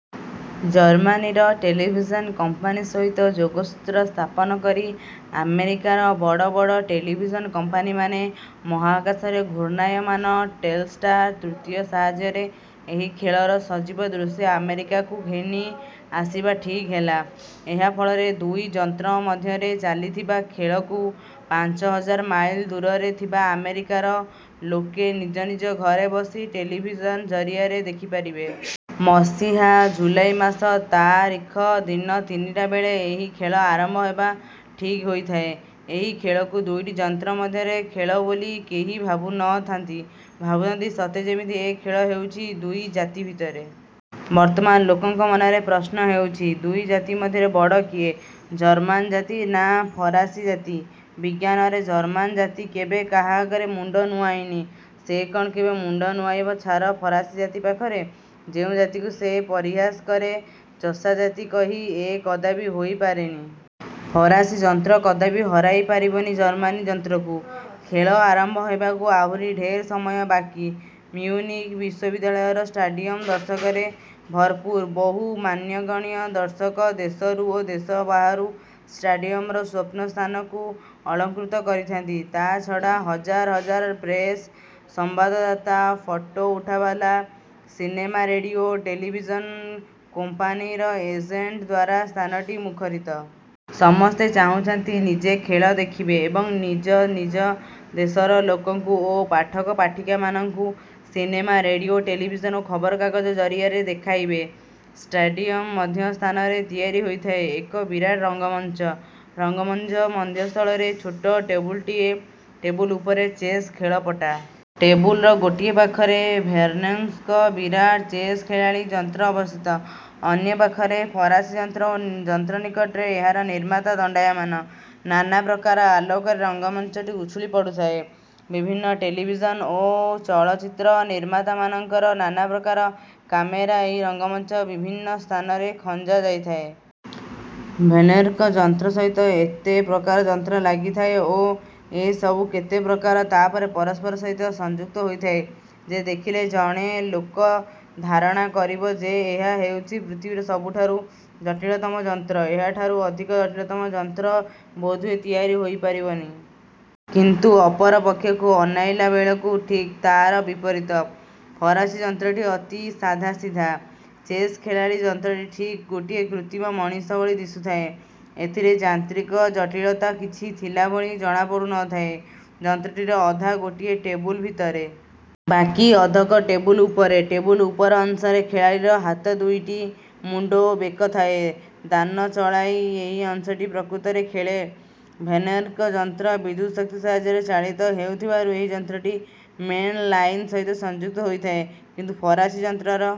ଜର୍ମାନୀର television company ସହିତ ଯୋଗସୂତ୍ର ସ୍ଥାପନ କରି ଆମେରିକାର ବଡ଼ ବଡ଼ ଟେଲିଭିଜନ କମ୍ପାନୀମାନେ ମହାକାଶରେ ଘୂର୍ଣ୍ଣାୟମାନ ଟେଲଷ୍ଟାର-ତୃତୀୟ ସାହାଯ୍ୟରେ ଏହି ଖେଳର ସଜୀବ ଦୃଶ୍ୟ ଆମେରିକାକୁ ଘେନି ଆସିବା ଠିକ୍ ହେଲା। ଏହା ଫଳରେ ଦୁଇ ଯନ୍ତ୍ର ମଧ୍ୟରେ ଚାଲିଥିବା ଖେଳକୁ ପାଞ୍ଚ ହଜାର ମାଇଲ ଦୂରରେ ଥିବା ଆମେରିକାର ଲୋକେ ନିଜ ନିଜ ଘରେ ବସି ଟେଲିଭିଜନ ଜରିଆରେ ଦେଖିପାରିବେ। ମସିହା ଜୁଲାଇ ମାସ ତା ରିଖ ଦିନ ତିନିଟା ବେଳେ ଏହି ଖେଳ ଆରମ୍ଭ ହେବା ଠିକ୍ ହୋଇଥାଏ। ଏହି ଖେଳକୁ ଦୁଇଟି ଯନ୍ତ୍ର ମଧ୍ୟରେ ଖେଳ ବୋଲି କେହି ଭାବୁ ନ ଥାନ୍ତି, ଭାବୁଥାନ୍ତି ସତେ ଯେମିତି ଏ ଖେଳ ହେଉଛି ଦୁଇ ଜାତି ଭିତରେ। ବର୍ତ୍ତମାନ ଲୋକଙ୍କ ମନରେ ପ୍ରଶ୍ନ ହେଉଛି, ଦୁଇ ଜାତି ମଧ୍ୟରେ ବଡ଼ କିଏ, ଜର୍ମାନ ଜାତି ନା ଫରାସୀ ଜାତି? ବିଜ୍ଞାନରେ ଜର୍ମାନ ଜାତି କେବେ କାହା ଆଗକେ ମୁଣ୍ଡ ନୁଆଁଇନି। ସେ କ'ଣ କେବେ ମୁଣ୍ଡ ନୁଆଁଇବ ଛାର ଫରାସୀ ଜାତି ପାଖରେ? ଯେଉଁ ଜାତିକୁ ସେ ପରିହାସ କରେ 'ଚଷାଜାତି' କହି, ଏ କଦାପି ହୋଇ ପାରେନା। ଫରାସୀ ଯନ୍ତ୍ର କଦାପି ହରାଇ ପାରିବନି ଜର୍ମାନୀ ଯନ୍ତ୍ରକୁ। ଖେଳ ଆରମ୍ଭ ହେବାକୁ ଆହୁରି ଢେର ସମୟ ବାକି, ମିଉନିକ୍ ବିଶ୍ୱବିଦ୍ୟାଳୟର ଷ୍ଟାଡିୟମ ଦର୍ଶକରେ ଭରପୂର। ବହୁ ମାନ୍ୟଗଣ୍ୟ ଦର୍ଶକ ଦେଶରୁ ଓ ଦେଶ ବାହାରୁ ଷ୍ଟାଡିୟମର ସ୍ୱପ୍ନ ସ୍ଥାନକୁ ଅଳଙ୍କୃତ କରିଥାନ୍ତି। ତାଛଡ଼ା ହଜାର ହଜାର ପ୍ରେସ ସମ୍ବାଦଦାତା, ଫଟୋ ଉଠାବାଲା, ସିନେମା, ରେଡିଓ, ଟେଲିଭିଜନ କୋମ୍ପାନୀର ଏଜେଣ୍ଟ ଦ୍ୱାରା ସ୍ଥାନଟି ମୁଖରିତ। ସମସ୍ତେ ଚାହୁଁଛନ୍ତି ନିଜେ ଖେଳ ଦେଖିବେ ଏବଂ ନିଜ ନିଜ ଦେଶର ଲୋକଙ୍କୁ ଓ ପାଠକ ପାଠିକାମାନଙ୍କୁ ସିନେମା, ରେଡିଓ, ଟେଲିଭିଜନ ଓ ଖବର କାଗଜ ଜରିଆରେ ଦେଖାଇବେ। ଷ୍ଟେଡିୟମର ମଧ୍ୟସ୍ଥାନରେ ତିଆରି ହୋଇଥାଏ ଏକ ବିରାଟ ରଙ୍ଗମଞ୍ଚ। ରଙ୍ଗମଞ୍ଚ ମଧ୍ୟସ୍ଥଳରେ ଛୋଟ ଟେବୁଲଟିଏ। ଟେବୁଲ ଉପରେ ଚେସ୍ ଖେଳପଟା। ଟେବୁଲର ଗୋଟିଏ ପାଖରେ ଭେର୍ନନ୍ଙ୍କ ବିରାଟ ଚେସ୍ ଖେଳାଳୀ ଯନ୍ତ୍ର ଅବସ୍ଥିତ। ଅନ୍ୟ ପାଖରେ ଫରାସୀ ଯନ୍ତ୍ର ଓ ଯନ୍ତ୍ରନିକଟରେ ଏହାରନିର୍ମାତା ଦଣ୍ଡାୟମାନ। ନାନା ପ୍ରକାର ଆଲୋକରେ ରଙ୍ଗମଞ୍ଚଟି ଉଛୁଳି ପଡ଼ୁଥାଏ। ବିଭିନ୍ନ ଟେଲିଭିଜନ ଓ। ଚଳଚିତ୍ର ନିର୍ମାତାମାନଙ୍କର ନାନା ପ୍ରକାର କାମେରା ଏହି ରଙ୍ଗମଞ୍ଚର ବିଭିନ୍ନ ସ୍ଥାନରେ ଖଞ୍ଜା ଯାଇଥାଏ। ଭେର୍ନନ୍ଙ୍କ ଯନ୍ତ୍ର ସହିତ ଏତେ ପ୍ରକାର ଯନ୍ତ୍ର ଲାଗିଥାଏ ଓ ଏ ସବୁ କେତେ ପ୍ରକାର ତାପରେ ପରସ୍ପର ସହିତ ସଂଯୁକ୍ତ ହୋଇଥାଏ ଯେ ଦେଖିଲେ ଜଣେ ଲୋକ ଧାରଣା କରିବ ଯେ ଏହା ହେଉଛି ପୃଥିବୀର ସବୁଠାରୁ ଜଟିଳତମ ଯନ୍ତ୍ର। ଏହାଠାରୁ ଅଧିକ ଜଟିଳତମ ଯନ୍ତ୍ର ବୋଧହୁଏ ତିଆରି ହୋଇପାରିବନି। କିନ୍ତୁ ଅପର ପକ୍ଷକୁ ଅନାଇଲାବେଳକୁ ଠିକ୍ ତାର ବିପରୀତ। ଫରାସୀ ଯନ୍ତ୍ରଟି ଅତି ସାଧାସିଧା। ଚେସ୍ ଖେଳାଳୀ ଯନ୍ତ୍ରଟି ଠିକ୍ ଗୋଟିଏ କୃତ୍ରିମ ମଣିଷ ଭଳି ଦିଶୁଥାଏ। ଏଥିରେ ଯାନ୍ତ୍ରିକ ଜଟିଳତା କିଛି ଥିଲା ଭଳି ଜଣାପଡ଼ୁ ନ ଥାଏ। ଯନ୍ତ୍ରଟିର ଅଧା ଗୋଟିଏ ଟେବୁଲ ଭିତରେ। ବାକି ଅଧକ ଟେବୁଲ ଉପରେ। ଟେବୁଲ ଉପର ଅଂଶରେ ଖେଳାଳୀର ହାତ ଦୁଇଟି, ମୁଣ୍ଡ ଓ ବେକ ଥାଏ। ଦାନ ଚଳାଇ ଏହି ଅଂଶଟି ପ୍ରକୃତରେ ଖେଳେ। ଭେର୍ନନ୍ଙ୍କ ଯନ୍ତ୍ର ବିଦ୍ୟୁତଶକ୍ତି ସାହାଯ୍ୟରେ ଚାଳିତ ହେଉ ଥିବାରୁ ଏହି ଯନ୍ତ୍ରଟି ମେନ୍ ଲାଇନ୍ ସହିତ ସଂଯୁକ୍ତ ହୋଇଥାଏ। କିନ୍ତୁ ଫରାସୀ ଯନ୍ତ୍ରର